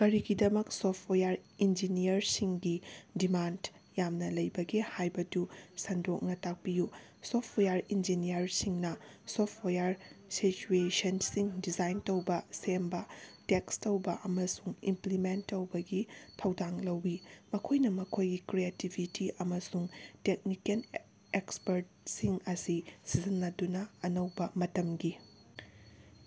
ꯀꯔꯤꯒꯤꯗꯃꯛꯇ software ꯏꯟꯖꯤꯅꯤꯌꯔꯁꯤꯡꯒꯤ demand ꯌꯥꯝꯅ ꯂꯩꯕꯒꯦ ꯍꯥꯏꯕꯗꯨ ꯁꯟꯗꯣꯛꯅ ꯇꯥꯛꯄꯤꯌꯨ꯫ ꯁꯣꯐꯇꯋꯥꯌꯔ ꯏꯟꯖꯤꯅꯤꯌꯔꯁꯤꯡꯅ ꯁꯣꯐꯇꯋꯥꯌꯔ ꯁꯣꯜꯌꯨꯁꯟꯁꯤꯡ ꯗꯤꯖꯥꯏꯟ ꯇꯧꯕ, ꯁꯦꯝꯕ, ꯇꯦꯁꯠ ꯇꯧꯕ ꯑꯃꯁꯨꯡ ꯏꯝꯄꯂꯤꯃꯦꯟꯇ ꯇꯧꯕꯒꯤ ꯊꯧꯗꯥꯡ ꯂꯧꯏ꯫ ꯃꯈꯣꯏꯅ ꯃꯈꯣꯏꯒꯤ ꯀ꯭ꯔꯤꯌꯦꯇꯤꯕꯤꯇꯤ ꯑꯃꯁꯨꯡ ꯇꯦꯛꯅꯤꯀꯦꯜ ꯑꯦꯛꯁꯄꯔꯇꯁꯤꯡ ꯑꯁꯤ ꯁꯤꯖꯤꯟꯅꯗꯨꯅ ꯑꯅꯧꯕꯥ ꯃꯇꯝꯒꯤ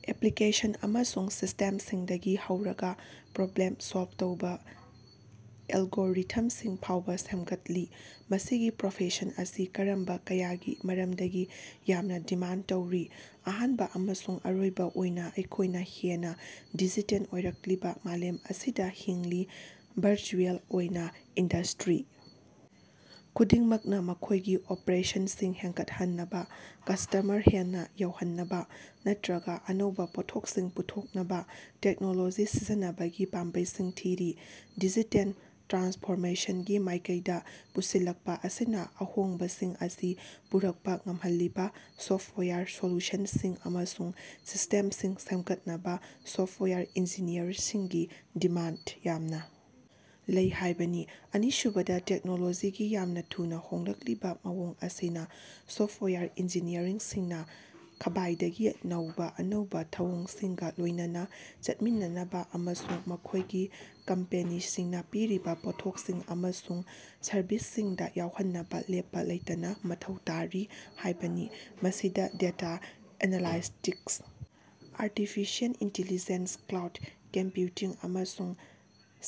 ꯑꯦꯄꯂꯤꯀꯦꯁꯟ ꯑꯃꯁꯨꯡ ꯁꯤꯁꯇꯦꯝꯁꯤꯡꯗꯒꯤ ꯍꯧꯔꯒ ꯄ꯭ꯔꯣꯕ꯭ꯂꯦꯝ ꯁꯣꯜꯕ ꯇꯧꯕ ꯑꯦꯜꯒꯣꯔꯤꯊꯝꯁꯤꯡ ꯐꯥꯎꯕ ꯁꯦꯝꯒꯠꯂꯤ꯫ ꯃꯁꯤꯒꯤ ꯄ꯭ꯔꯣꯐꯦꯁꯟ ꯑꯁꯤ ꯃꯔꯝ ꯀꯌꯥꯒꯤ ꯃꯔꯝꯗꯒꯤ ꯌꯥꯝꯅ ꯗꯤꯃꯥꯟꯗ ꯇꯧꯔꯤ꯫ ꯑꯍꯥꯟꯕ ꯑꯃꯁꯨꯡ ꯑꯔꯣꯏꯕ ꯑꯣꯏꯅ, ꯑꯩꯈꯣꯏꯅ ꯍꯦꯟꯅ ꯗꯤꯖꯤꯇꯦꯜ ꯑꯣꯏꯔꯛꯂꯤꯕ ꯃꯥꯂꯦꯝ ꯑꯁꯤꯗ ꯍꯤꯡꯂꯤ꯫ ꯚꯔꯆꯨꯑꯦꯜ ꯑꯣꯏꯅ ꯏꯟꯗꯁ꯭ꯇꯔꯤ ꯈꯨꯗꯤꯡꯃꯛꯅ ꯃꯈꯣꯏꯒꯤ ꯑꯣꯄꯔꯦꯁꯟꯁꯤꯡ ꯍꯦꯟꯒꯠꯍꯟꯅꯕ, ꯀꯁ꯭ꯇꯃꯔ ꯍꯦꯟꯅ ꯌꯧꯍꯟꯅꯕ ꯅꯠꯇꯔꯒꯥ ꯑꯅꯧꯕꯥ ꯄꯣꯠꯊꯣꯛꯁꯤꯡ ꯄꯨꯊꯣꯛꯅꯕ ꯇꯦꯛꯅꯣꯂꯣꯖꯤ ꯁꯤꯖꯤꯟꯅꯕꯒꯤ ꯄꯥꯝꯕꯩꯁꯤꯡ ꯊꯤꯔꯤ꯫ ꯗꯤꯖꯤꯇꯦꯜ ꯇ꯭ꯔꯥꯟꯁꯐꯣꯔꯃꯦꯁꯟꯒꯤ ꯃꯥꯏꯀꯩꯗ ꯄꯨꯁꯤꯜꯂꯛꯄ ꯑꯁꯤꯅ ꯑꯍꯣꯡꯕꯁꯤꯡ ꯑꯁꯤ ꯄꯨꯔꯛꯄ ꯉꯝꯍꯜꯂꯤꯕ ꯁꯣꯐꯋꯦꯌꯔ ꯁꯣꯂꯨꯁꯟꯁꯤꯡ ꯑꯃꯁꯨꯡ ꯁꯤꯁ꯭ꯇꯦꯝꯁꯤꯡ ꯁꯦꯝꯒꯠꯅꯕ ꯁꯣꯐꯋꯦꯌꯔ ꯏꯟꯖꯤꯅꯤꯌꯔꯁꯤꯡꯒꯤ ꯗꯤꯃꯥꯟꯗ ꯌꯥꯝꯅ ꯂꯩ ꯍꯥꯏꯕꯅꯤ꯫ ꯑꯅꯤꯁꯨꯕꯗ, ꯇꯦꯛꯅꯣꯂꯣꯖꯤꯒꯤ ꯌꯥꯝꯅ ꯊꯨꯅ ꯍꯣꯡꯂꯛꯂꯤꯕ ꯃꯑꯣꯡ ꯑꯁꯤꯅ ꯁꯣꯐꯋꯦꯌꯔ ꯏꯟꯖꯤꯅꯤꯌꯔꯁꯤꯡꯅ ꯈ꯭ꯕꯥꯏꯗꯒꯤ ꯅꯧꯕ ꯑꯅꯧꯕ ꯊꯧꯑꯣꯡꯁꯤꯡꯒ ꯂꯣꯏꯅꯅ ꯆꯠꯃꯤꯟꯅꯅꯕ ꯑꯃꯁꯨꯡ ꯃꯈꯣꯏꯒꯤ ꯀꯝꯄꯦꯅꯤꯁꯤꯡꯅ ꯄꯤꯔꯤꯕ ꯄꯣꯠꯊꯣꯛꯁꯤꯡ ꯑꯃꯁꯨꯡ ꯁꯔꯕꯤꯁꯁꯤꯡꯗ ꯌꯥꯎꯍꯟꯅꯕ ꯂꯦꯞꯄ ꯂꯩꯇꯅ ꯃꯊꯧ ꯇꯥꯔꯤ ꯍꯥꯏꯕꯅꯤ꯫ ꯃꯁꯤꯗ data analytics, artificial intelligence, cloud computing, ꯑꯃꯁꯨꯡ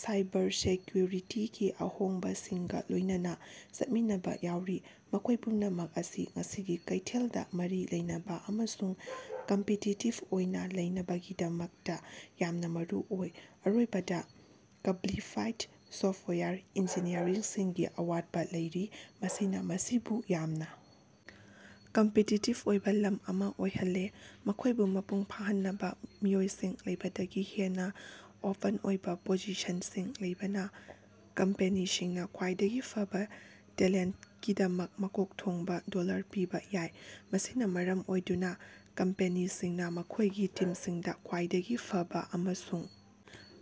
ꯁꯥꯏꯕꯔꯁꯦꯀ꯭ꯌꯨꯔꯤꯇꯤꯒꯤ ꯑꯍꯣꯡꯕꯁꯤꯡꯒ ꯂꯣꯏꯅꯅ ꯆꯠꯃꯤꯟꯅꯕ ꯌꯥꯎꯔꯤ, ꯃꯈꯣꯏ ꯄꯨꯝꯅꯃꯛ ꯑꯁꯤ ꯉꯁꯤꯒꯤ ꯀꯩꯊꯦꯜꯗ ꯃꯔꯤ ꯂꯩꯅꯕ ꯑꯃꯁꯨꯡ ꯀꯝꯄꯤꯇꯤꯇꯤꯕ ꯑꯣꯏꯅ ꯂꯩꯅꯕꯒꯤꯗꯃꯛꯇ ꯌꯥꯝꯅ ꯃꯔꯨ ꯑꯣꯏ꯫ ꯑꯔꯣꯏꯕꯗ, ꯀ꯭ꯕꯥꯂꯤꯐꯥꯏꯗ ꯁꯣꯐꯋꯦꯌꯔ ꯏꯟꯖꯤꯅꯤꯌꯔꯁꯤꯡꯒꯤ ꯑꯋꯥꯠꯄꯥ ꯂꯩꯔꯤ, ꯃꯁꯤꯅ ꯃꯁꯤꯕꯨ ꯌꯥꯝꯅ ꯀꯝꯄꯤꯇꯤꯇꯤꯕ ꯑꯣꯏꯕ ꯂꯝ ꯑꯃ ꯑꯣꯏꯍꯜꯂꯦ꯫ ꯃꯈꯣꯏꯕꯨ ꯃꯄꯨꯡ ꯐꯥꯍꯟꯅꯕ ꯃꯤꯑꯣꯏꯁꯤꯡ ꯂꯩꯕꯗꯒꯤ ꯍꯦꯟꯅ ꯑꯣꯄꯟ ꯑꯣꯏꯕ ꯄꯣꯖꯤꯁꯟꯁꯤꯡ ꯂꯩꯕꯅ ꯀꯝꯄꯦꯅꯤꯁꯤꯡꯅ ꯈ꯭ꯋꯥꯏꯗꯒꯤ ꯐꯕ ꯇꯦꯂꯦꯟꯇꯀꯤꯗꯃꯛ ꯃꯀꯣꯛ ꯊꯣꯡꯕ ꯗꯣꯜꯂꯔ ꯄꯤꯕꯥ ꯌꯥꯏ꯫ ꯃꯁꯤꯅ ꯃꯔꯝ ꯑꯣꯏꯗꯨꯅ ꯀꯝꯄꯦꯅꯤꯁꯤꯡꯅ ꯃꯈꯣꯏꯒꯤ ꯇꯤꯝꯁꯤꯡꯗ ꯈ꯭ꯋꯥꯏꯗꯒꯤ ꯐꯕ ꯑꯃꯁꯨꯡ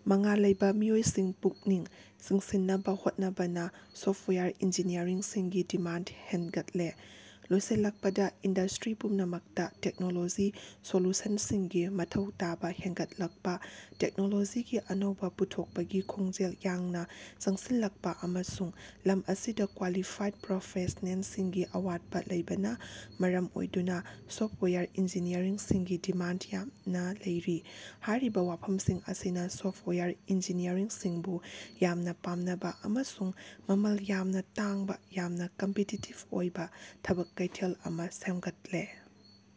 ꯃꯉꯥꯜ ꯂꯩꯕ ꯃꯤꯑꯣꯏꯁꯤꯡ ꯄꯨꯛꯅꯤꯡ ꯆꯤꯡꯁꯤꯟꯅꯕ ꯍꯣꯠꯅꯕꯅ ꯁꯣꯐꯋꯦꯌꯔ ꯏꯟꯖꯤꯅꯤꯌꯔꯁꯤꯡꯒꯤ ꯗꯤꯃꯥꯟꯗ ꯍꯦꯟꯒꯠꯂꯦ꯫ ꯂꯣꯏꯁꯤꯜꯂꯛꯄꯗ, ꯏꯟꯗꯁ꯭ꯇꯔꯤ ꯄꯨꯝꯅꯃꯛꯇ ꯇꯦꯛꯅꯣꯂꯣꯖꯤ ꯁꯣꯂꯨꯁꯟꯁꯤꯡꯒꯤ ꯃꯊꯧ ꯇꯥꯕ ꯍꯦꯟꯒꯠꯂꯛꯄ, ꯇꯦꯛꯅꯣꯂꯣꯖꯤꯒꯤ ꯑꯅꯧꯕꯥ ꯄꯨꯊꯣꯛꯄꯒꯤ ꯈꯣꯡꯖꯦꯜ ꯌꯥꯡꯅ ꯆꯪꯁꯤꯜꯂꯛꯄ, ꯑꯃꯁꯨꯡ ꯂꯝ ꯑꯁꯤꯗ ꯀ꯭ꯋꯥꯂꯤꯐꯥꯏꯗ ꯄ꯭ꯔꯣꯐꯦꯁ꯭ꯅꯦꯜꯁꯤꯡꯒꯤ ꯑꯋꯥꯠꯄ ꯂꯩꯕꯅ ꯃꯔꯝ ꯑꯣꯏꯗꯨꯅ ꯁꯣꯐꯋꯦꯌꯔ ꯏꯟꯖꯤꯅꯤꯌꯔꯁꯤꯡꯒꯤ ꯗꯤꯃꯥꯟꯗ ꯌꯥꯝꯅ ꯂꯩꯔꯤ꯫ ꯍꯥꯏꯔꯤꯕ ꯋꯥꯐꯝꯁꯤꯡ ꯑꯁꯤꯅ ꯁꯣꯐꯋꯦꯌꯔ ꯏꯟꯖꯤꯅꯤꯌꯔꯁꯤꯡꯕꯨ ꯌꯥꯝꯅ ꯄꯥꯝꯅꯕ ꯑꯃꯁꯨꯡ ꯃꯃꯜ ꯌꯥꯝꯅ ꯇꯥꯡꯕ ꯌꯥꯝꯅ ꯀꯝꯄꯤꯇꯤꯇꯤꯕ ꯑꯣꯏꯕ ꯊꯕꯛ ꯀꯩꯊꯦꯜ ꯑꯃ ꯁꯦꯝꯒꯠꯂꯦ꯫।